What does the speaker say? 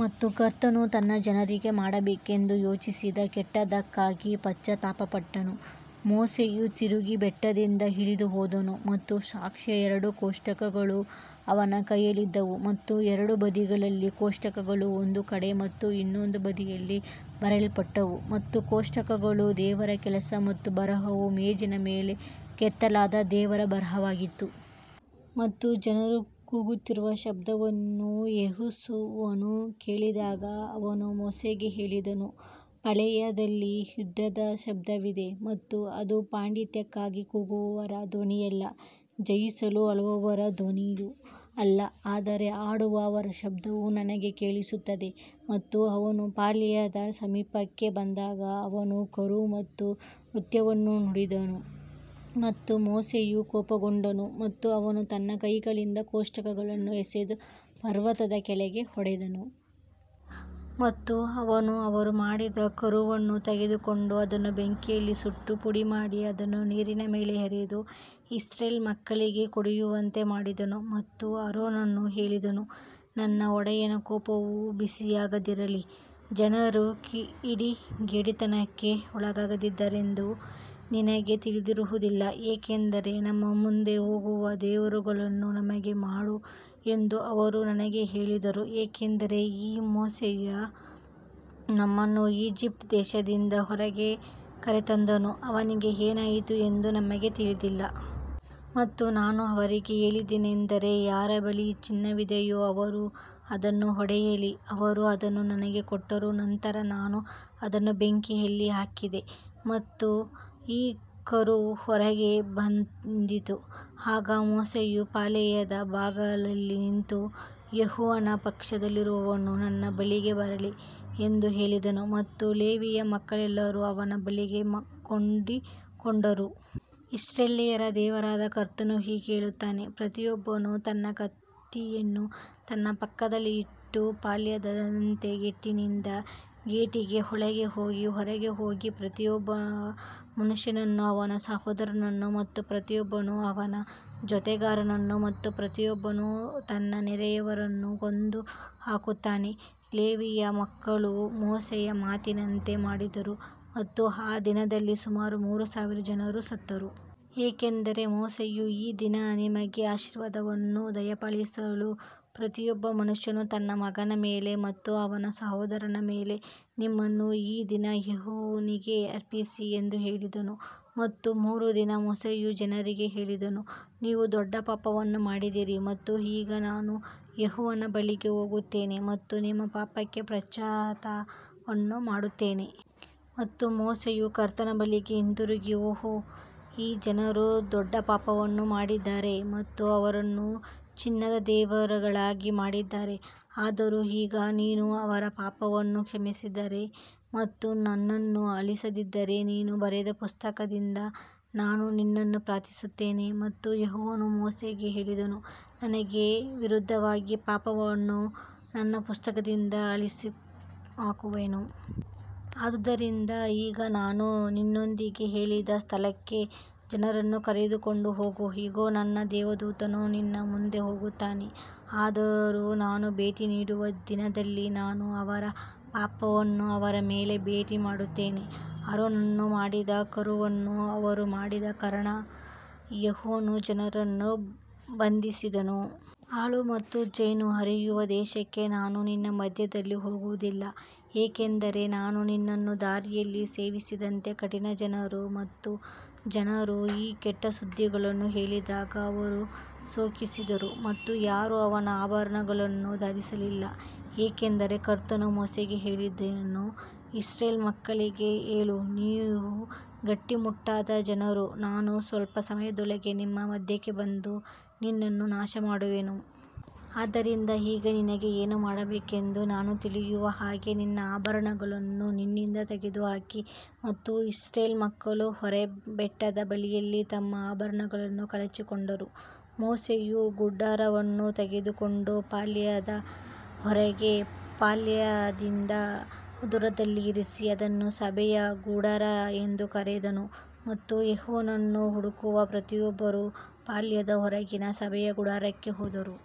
ಮತ್ತು ಕರ್ತನು ತನ್ನ ಜನರಿಗೆ ಮಾಡಬೇಕೆಂದು ಯೋಚಿಸಿದ ಕೆಟ್ಟದ್ದಕ್ಕಾಗಿ ಪಶ್ಚಾತ್ತಾಪಪಟ್ಟನು. ಮೋಶೆಯು ತಿರುಗಿ ಬೆಟ್ಟದಿಂದ ಇಳಿದು ಹೋದನು ಮತ್ತು ಸಾಕ್ಷಿಯ ಎರಡು ಕೋಷ್ಟಕಗಳು ಅವನ ಕೈಯಲ್ಲಿದ್ದವು ಮತ್ತು ಎರಡು ಬದಿಗಳಲ್ಲಿ ಕೋಷ್ಟಕಗಳು ಒಂದು ಕಡೆ ಮತ್ತು ಇನ್ನೊಂದು ಬದಿಯಲ್ಲಿ ಬರೆಯಲ್ಪಟ್ಟವು. ಮತ್ತು ಕೋಷ್ಟಕಗಳು ದೇವರ ಕೆಲಸ ಮತ್ತು ಬರಹವು ಮೇಜಿನ ಮೇಲೆ ಕೆತ್ತಲಾದ ದೇವರ ಬರಹವಾಗಿತ್ತು. ಮತ್ತು ಜನರು ಕೂಗುತ್ತಿರುವ ಶಬ್ದವನ್ನು ಯೆಹೋಶುವನು ಕೇಳಿದಾಗ ಅವನು ಮೋಶೆಗೆ ಹೇಳಿದನು ಪಾಳೆಯದಲ್ಲಿ ಯುದ್ಧದ ಶಬ್ದವಿದೆ. ಮತ್ತು ಅದು ಪಾಂಡಿತ್ಯಕ್ಕಾಗಿ ಕೂಗುವವರ ಧ್ವನಿಯಲ್ಲ ಜಯಿಸಲು ಅಳುವವರ ಧ್ವನಿಯೂ ಅಲ್ಲ ಆದರೆ ಹಾಡುವ ಅವರ ಶಬ್ದವು ನನಗೆ ಕೇಳಿಸುತ್ತದೆ. ಮತ್ತು ಅವನು ಪಾಳೆಯದ ಸಮೀಪಕ್ಕೆ ಬಂದಾಗ ಅವನು ಕರು ಮತ್ತು ನೃತ್ಯವನ್ನು ನೋಡಿದನು ಮತ್ತು ಮೋಶೆಯು ಕೋಪಗೊಂಡನು ಮತ್ತು ಅವನು ತನ್ನ ಕೈಗಳಿಂದ ಕೋಷ್ಟಕಗಳನ್ನು ಎಸೆದು ಪರ್ವತದ ಕೆಳಗೆ ಒಡೆದನು. ಮತ್ತು ಅವನು ಅವರು ಮಾಡಿದ ಕರುವನ್ನು ತೆಗೆದುಕೊಂಡು ಅದನ್ನು ಬೆಂಕಿಯಲ್ಲಿ ಸುಟ್ಟು ಪುಡಿಮಾಡಿ ಅದನ್ನು ನೀರಿನ ಮೇಲೆ ಎರೆದು ಇಸ್ರಾಯೇಲ್ ಮಕ್ಕಳಿಗೆ ಕುಡಿಯುವಂತೆ ಮಾಡಿದನು. ಮತ್ತು ಆರೋನನು ಹೇಳಿದನು ನನ್ನ ಒಡೆಯನ ಕೋಪವು ಬಿಸಿಯಾಗದಿರಲಿ ಜನರು ಕಿಡಿಗೇಡಿತನಕ್ಕೆ ಒಳಗಾಗಿದ್ದಾರೆಂದು ನಿನಗೆ ತಿಳಿದಿರುವುದಿಲ್ಲ. ಯಾಕಂದರೆ ನಮ್ಮ ಮುಂದೆ ಹೋಗುವ ದೇವರುಗಳನ್ನು ನಮಗೆ ಮಾಡು ಎಂದು ಅವರು ನನಗೆ ಹೇಳಿದರು ಏಕೆಂದರೆ ಈ ಮೋಶೆಯು ನಮ್ಮನ್ನು ಈಜಿಪ್ಟ್ ದೇಶದಿಂದ ಹೊರಗೆ ಕರೆತಂದನು ಅವನಿಗೆ ಏನಾಯಿತು ಎಂದು ನಮಗೆ ತಿಳಿದಿಲ್ಲ. ಮತ್ತು ನಾನು ಅವರಿಗೆ ಹೇಳಿದ್ದೇನೆಂದರೆ ಯಾರ ಬಳಿ ಚಿನ್ನವಿದೆಯೋ ಅವರು ಅದನ್ನು ಒಡೆಯಲಿ. ಅವರು ಅದನ್ನು ನನಗೆ ಕೊಟ್ಟರು ನಂತರ ನಾನು ಅದನ್ನು ಬೆಂಕಿಯಲ್ಲಿ ಹಾಕಿದೆ ಮತ್ತು ಈ ಕರು ಹೊರಗೆ ಬಂದಿತು. ಆಗ ಮೋಶೆಯು ಪಾಳೆಯದ ಬಾಗಲಲ್ಲಿ ನಿಂತು ಯೆಹೋವನ ಪಕ್ಷದಲ್ಲಿರುವವನು ನನ್ನ ಬಳಿಗೆ ಬರಲಿ ಎಂದು ಹೇಳಿದನು ಮತ್ತು ಲೇವಿಯ ಮಕ್ಕಳೆಲ್ಲರೂ ಅವನ ಬಳಿಗೆ ಕೂಡಿಕೊಂಡರು. ಇಸ್ರಾಯೇಲ್ಯರ ದೇವರಾದ ಕರ್ತನು ಹೀಗೆ ಹೇಳುತ್ತಾನೆ ಪ್ರತಿಯೊಬ್ಬನು ತನ್ನ ಕತ್ತಿಯನ್ನು ತನ್ನ ಪಕ್ಕದಲ್ಲಿ ಇಟ್ಟು ಪಾಳೆಯದಾದ್ಯಂತ ಗೇಟಿನಿಂದ ಗೇಟಿಗೆ ಒಳಗೆ ಮತ್ತು ಹೊರಗೆ ಹೋಗಿ ಪ್ರತಿಯೊಬ್ಬ ಮನುಷ್ಯನನ್ನು ಅವನ ಸಹೋದರನನ್ನು ಮತ್ತು ಪ್ರತಿಯೊಬ್ಬನು ಅವನ ಜೊತೆಗಾರನನ್ನು ಮತ್ತು ಪ್ರತಿಯೊಬ್ಬನು ತನ್ನ ನೆರೆಯವರನ್ನು ಕೊಂದುಹಾಕುತ್ತಾನೆ. ಲೇವಿಯ ಮಕ್ಕಳು ಮೋಶೆಯ ಮಾತಿನಂತೆ ಮಾಡಿದರು ಮತ್ತು ಆ ದಿನದಲ್ಲಿ ಸುಮಾರು ಮೂರು ಸಾವಿರ ಜನರು ಸತ್ತರು. ಯಾಕಂದರೆ ಮೋಶೆಯು ಈ ದಿನ ನಿಮಗೆ ಆಶೀರ್ವಾದವನ್ನು ದಯಪಾಲಿಸಲು ಪ್ರತಿಯೊಬ್ಬ ಮನುಷ್ಯನು ತನ್ನ ಮಗನ ಮೇಲೆ ಮತ್ತು ಅವನ ಸಹೋದರನ ಮೇಲೆ ನಿಮ್ಮನ್ನು ಈ ದಿನ ಯೆಹೋವನಿಗೆ ಅರ್ಪಿಸಿ ಎಂದು ಹೇಳಿದ್ದನು. ಮತ್ತು ಮರುದಿನ ಮೋಶೆಯು ಜನರಿಗೆ ಹೇಳಿದನು ನೀವು ದೊಡ್ಡ ಪಾಪವನ್ನು ಮಾಡಿದ್ದೀರಿ ಮತ್ತು ಈಗ ನಾನು ಯೆಹೋವನ ಬಳಿಗೆ ಹೋಗುತ್ತೇನೆ ಮತ್ತು ನಿಮ್ಮ ಪಾಪಕ್ಕೆ ಪ್ರಾಯಶ್ಚಿತ್ತವನ್ನು ಮಾಡುತ್ತೇನೆ. ಮತ್ತು ಮೋಶೆಯು ಕರ್ತನ ಬಳಿಗೆ ಹಿಂತಿರುಗಿ ಓಹ್ ಈ ಜನರು ದೊಡ್ಡ ಪಾಪವನ್ನು ಮಾಡಿದ್ದಾರೆ ಮತ್ತು ಅವರನ್ನು ಚಿನ್ನದ ದೇವರುಗಳಾಗಿ ಮಾಡಿದ್ದಾರೆ. ಆದರೂ ಈಗ ನೀನು ಅವರ ಪಾಪವನ್ನು ಕ್ಷಮಿಸಿದರೆ ಮತ್ತು ನನ್ನನ್ನು ಅಳಿಸದಿದ್ದರೆ ನೀನು ಬರೆದ ಪುಸ್ತಕದಿಂದ ನಾನು ನಿನ್ನನ್ನು ಪ್ರಾರ್ಥಿಸುತ್ತೇನೆ. ಮತ್ತು ಯೆಹೋವನು ಮೋಶೆಗೆ ಹೇಳಿದನು ನನಗೆ ವಿರುದ್ಧವಾಗಿ ಪಾಪಮಾಡುವವನು ನನ್ನ ಪುಸ್ತಕದಿಂದ ಅಳಿಸಿಹಾಕುವೆನು. ಆದುದರಿಂದ ಈಗ ನಾನು ನಿನ್ನೊಂದಿಗೆ ಹೇಳಿದ ಸ್ಥಳಕ್ಕೆ ಜನರನ್ನು ಕರೆದುಕೊಂಡು ಹೋಗು. ಇಗೋ ನನ್ನ ದೇವದೂತನು ನಿನ್ನ ಮುಂದೆ ಹೋಗುತ್ತಾನೆ ಆದರೂ ನಾನು ಭೇಟಿ ನೀಡುವ ದಿನದಲ್ಲಿ ನಾನು ಅವರ ಪಾಪವನ್ನು ಅವರ ಮೇಲೆ ಭೇಟಿ ಮಾಡುತ್ತೇನೆ. ಆರೋನನು ಮಾಡಿದ ಕರುವನ್ನು ಅವರು ಮಾಡಿದ ಕಾರಣ ಯೆಹೋವನು ಜನರನ್ನು ಬಾಧಿಸಿದನು. ಹಾಲು ಮತ್ತು ಜೇನು ಹರಿಯುವ ದೇಶಕ್ಕೆ ನಾನು ನಿನ್ನ ಮಧ್ಯದಲ್ಲಿ ಹೋಗುವುದಿಲ್ಲ ಏಕೆಂದರೆ ನಾನು ನಿನ್ನನ್ನು ದಾರಿಯಲ್ಲಿ ಸೇವಿಸದಂತೆ ಕಠಿಣ ಜನರು. ಮತ್ತು ಜನರು ಈ ಕೆಟ್ಟ ಸುದ್ದಿಗಳನ್ನು ಕೇಳಿದಾಗ ಅವರು ಶೋಕಿಸಿದರು ಮತ್ತು ಯಾರೂ ಅವನ ಆಭರಣಗಳನ್ನು ಧರಿಸಲಿಲ್ಲ. ಯಾಕಂದರೆ ಕರ್ತನು ಮೋಶೆಗೆ ಹೇಳಿದ್ದನು ಇಸ್ರಾಯೇಲ್ ಮಕ್ಕಳಿಗೆ ಹೇಳು ನೀವು ಗಟ್ಟಿಮುಟ್ಟಾದ ಜನರು ನಾನು ಸ್ವಲ್ಪ ಸಮಯದೊಳಗೆ ನಿಮ್ಮ ಮಧ್ಯಕ್ಕೆ ಬಂದು ನಿನ್ನನ್ನು ನಾಶಮಾಡುವೆನು. ಆದ್ದರಿಂದ ಈಗ ನಿನಗೆ ಏನು ಮಾಡಬೇಕೆಂದು ನಾನು ತಿಳಿಯುವ ಹಾಗೆ ನಿನ್ನ ಆಭರಣಗಳನ್ನು ನಿನ್ನಿಂದ ತೆಗೆದುಹಾಕಿ. ಮತ್ತು ಇಸ್ರಾಯೇಲ್ ಮಕ್ಕಳು ಹೋರೇಬ್ ಬೆಟ್ಟದ ಬಳಿಯಲ್ಲಿ ತಮ್ಮ ಆಭರಣಗಳನ್ನು ಕಳಚಿಕೊಂಡರು. ಮೋಶೆಯು ಗುಡಾರವನ್ನು ತೆಗೆದುಕೊಂಡು ಪಾಳೆಯದ ಹೊರಗೆ ಪಾಳೆಯದಿಂದ ದೂರದಲ್ಲಿ ಇರಿಸಿ ಅದನ್ನು ಸಭೆಯ ಗುಡಾರ ಎಂದು ಕರೆದನು ಮತ್ತು ಯೆಹೋವನನ್ನು ಹುಡುಕುವ ಪ್ರತಿಯೊಬ್ಬರೂ ಪಾಳೆಯದ ಹೊರಗಿನ ಸಭೆಯ ಗುಡಾರಕ್ಕೆ ಹೋದರು.